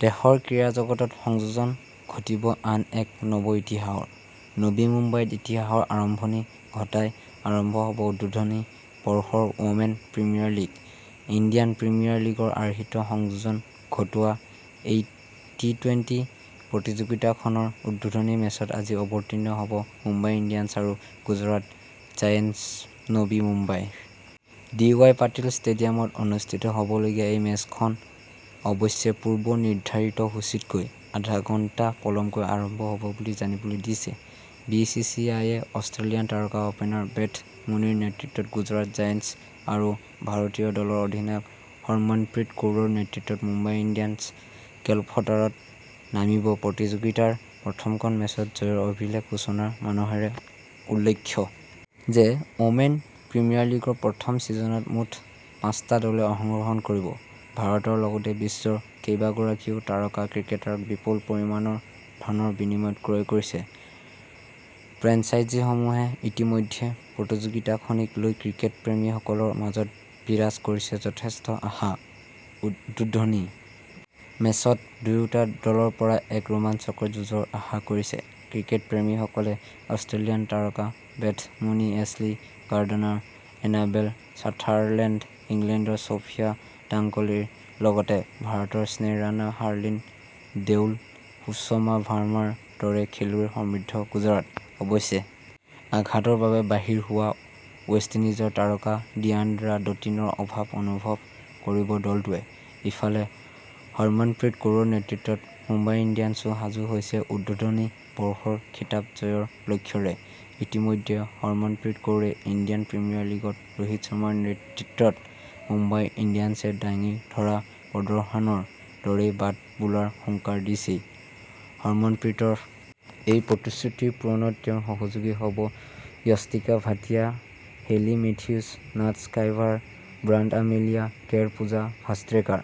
দেশৰ ক্ৰীড়াজগতত সংযোজন ঘটিব আন এক নব ইতিহাসৰ, নৱী মুম্বাইত ইতিহাসৰ আৰম্ভণি ঘটাই আৰম্ভ হ'ব উদ্বোধনী বৰ্ষৰ women premier league. Indian premier লীগৰ আৰ্হিত সংযোজন ঘটোৱা এই টি- টুৱেন্টি প্ৰতিযোগিতাখনৰ উদ্বোধনী মেচত আজি অৱতীৰ্ণ হ'ব মুম্বাই ইণ্ডিয়ানছ আৰু গুজৰাট জায়েন্টছনৱী মুম্বাইৰ। ডি ৱাই পাটিল ষ্টেডিয়ামত অনুষ্ঠিত হ'বলগীয়া এই মেচখন অৱশ্যে পূৰ্ব নিৰ্ধাৰিত সূচীতকৈ আধা ঘণ্টা পলমকৈ আৰম্ভ হ'ব বুলি জানিবলৈ দিছে ।বি চি চি আই এ অষ্ট্ৰেলিয়ান তাৰকা অপেনাৰ বেথ মুনীৰ নেতৃত্বত গুজৰাট জায়েণ্টছ আৰু ভাৰতীয় দলৰ অধিনায়ক হৰমনপ্ৰীত কৌৰৰ নেতৃত্বত মুম্বাই ইণ্ডিয়ানছ খেলপথাৰত নামিব প্ৰতিযোগিতাৰ প্ৰথমখন মেচত জয়ৰ অভিলেখ সূচনাৰ মানসেৰে। উল্লেখ্য যে ৱমেন প্ৰিমিয়াৰ লীগৰ প্ৰথম ছিজনত মুঠ পাঁচটা দলে অংশ গ্ৰহণ কৰিব। ভাৰতৰ লগতে বিশ্বৰ কেইবাগৰাকীও তাৰকা ক্ৰিকেটাৰক বিপুল পৰিমাণৰ ধনৰ বিনিময়ত ক্ৰয় কৰিছে। ফ্ৰেঞ্চাইজিসমূহে ইতিমধ্যে প্ৰতিযোগিতাখনিক লৈ ক্ৰিকেট প্ৰেমীসকলৰ মাজত বিৰাজ কৰিছে যথেষ্ট আশা। উদ্বোধনী মেচত দুয়োটা দলৰ পৰা এক ৰোমাঞ্চকৰ যুঁজৰ আশা কৰিছে। ক্ৰিকেট প্ৰেমীসকলে অষ্ট্ৰেলিয়ান তাৰকা Beth Mooney Ashleigh Gardner Annabel Sutherland ইংলেণ্ডৰ ছফিয়া ডাংকলিৰ লগতে ভাৰতৰ স্নেহ ৰাণা হাৰ্লিন দেউল সুষমা ভাৰ্মাৰ দৰে খেলুৱৈৰে সমৃদ্ধ গুজৰাট। অৱশ্যে আঘাতৰ বাবে বাহিৰ হোৱা ৱেষ্ট ইণ্ডিজৰ তাৰকা ডিয়াণ্ড্ৰা ডটিনৰ অভাৱ অনুভৱ কৰিব দলটোৱে ।ইফালে হৰমনপ্ৰীত কৌৰৰ নেতৃত্বত মুম্বাই ইণ্ডিয়ানছো সাজু হৈছে উদ্বোধনী বৰ্ষৰ খিতাপ জয়ৰ লক্ষ্যৰে। ইতিমধ্যে হৰমনপ্ৰীত কৌৰে ইণ্ডিয়ান প্ৰিমিয়াৰ লীগত ৰোহিত শৰ্মাৰ নেতৃত্বত মুম্বাই ইণ্ডিয়ানছে দাঙি ধৰা প্ৰদৰ্শনৰ দৰেই বাট বুলাৰ হুংকাৰ দিছেই। হৰমনপ্ৰীতৰ এই প্ৰতিশ্ৰুতি পূৰণত তেওঁৰ সহযোগী হ'ব য়স্তিকা ভাটিয়া হেলি মেথিউছ নাট স্কাইভাৰ ব্ৰাণ্ট আমেলিয়া কেৰ পূজা ভাষ্ট্ৰেকাৰ।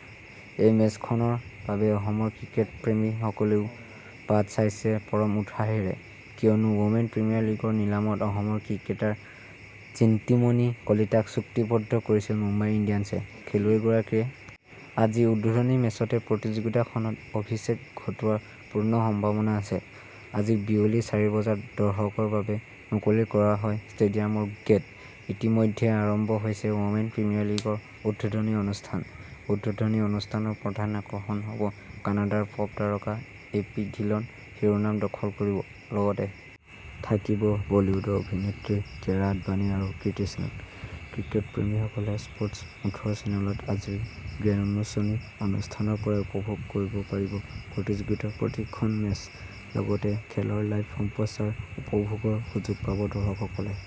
এই মেচখনৰ বাবে অসমৰ ক্ৰিকেট প্ৰেমীসকলেও বাট চাইছে পৰম উৎসাহেৰে, কিয়নো ৱমেন প্ৰিমিয়াৰ লীগৰ নিলামত অসমৰ ক্ৰিকেটাৰ জিণ্টিমণি কলিতাক চুক্তিবদ্ধ কৰিছিল মুম্বাই ইণ্ডিয়ানছে ।খেলুৱৈগৰাকীয়ে আজি উদ্বোধনী মেচতে প্ৰতিযোগিতাখনত অভিষেক ঘটোৱাৰ পূৰ্ণ সম্ভাৱনা আছে। আজি বিয়লি চাৰি বজাত দৰ্শকৰ বাবে মুকলি কৰা হয় ষ্টেডিয়ামৰ গেট। ইতিমধ্যে আৰম্ভ হৈছে ৱমেন প্ৰিমিয়াৰ লীগৰ উদ্বোধনী অনুষ্ঠান। উদ্বোধনী অনুষ্ঠানৰ প্ৰধান আকৰ্ষণ হ'ব কানাডাৰ পপ তাৰকা এ পি ধিলন শিৰোনাম দখল কৰিব। লগতে থাকিব বলীউডৰ অভিনেত্ৰী কিয়াৰা আদৱানী আৰু কৃতি শ্বেননক্ৰিকেট প্ৰেমীসকলে স্প্টছ ওঠৰ চেনেলত আজিৰ গ্ৰেণ্ড উন্মোচনী অনুষ্ঠানৰ পৰাই উপভোগ কৰিব পাৰিব প্ৰতিযোগিতাৰ প্ৰতিখন মেচ। লগতে খেলৰ লাইভ সম্প্ৰচাৰ উপভোগৰ সুযোগ পাব দৰ্শকসকলে।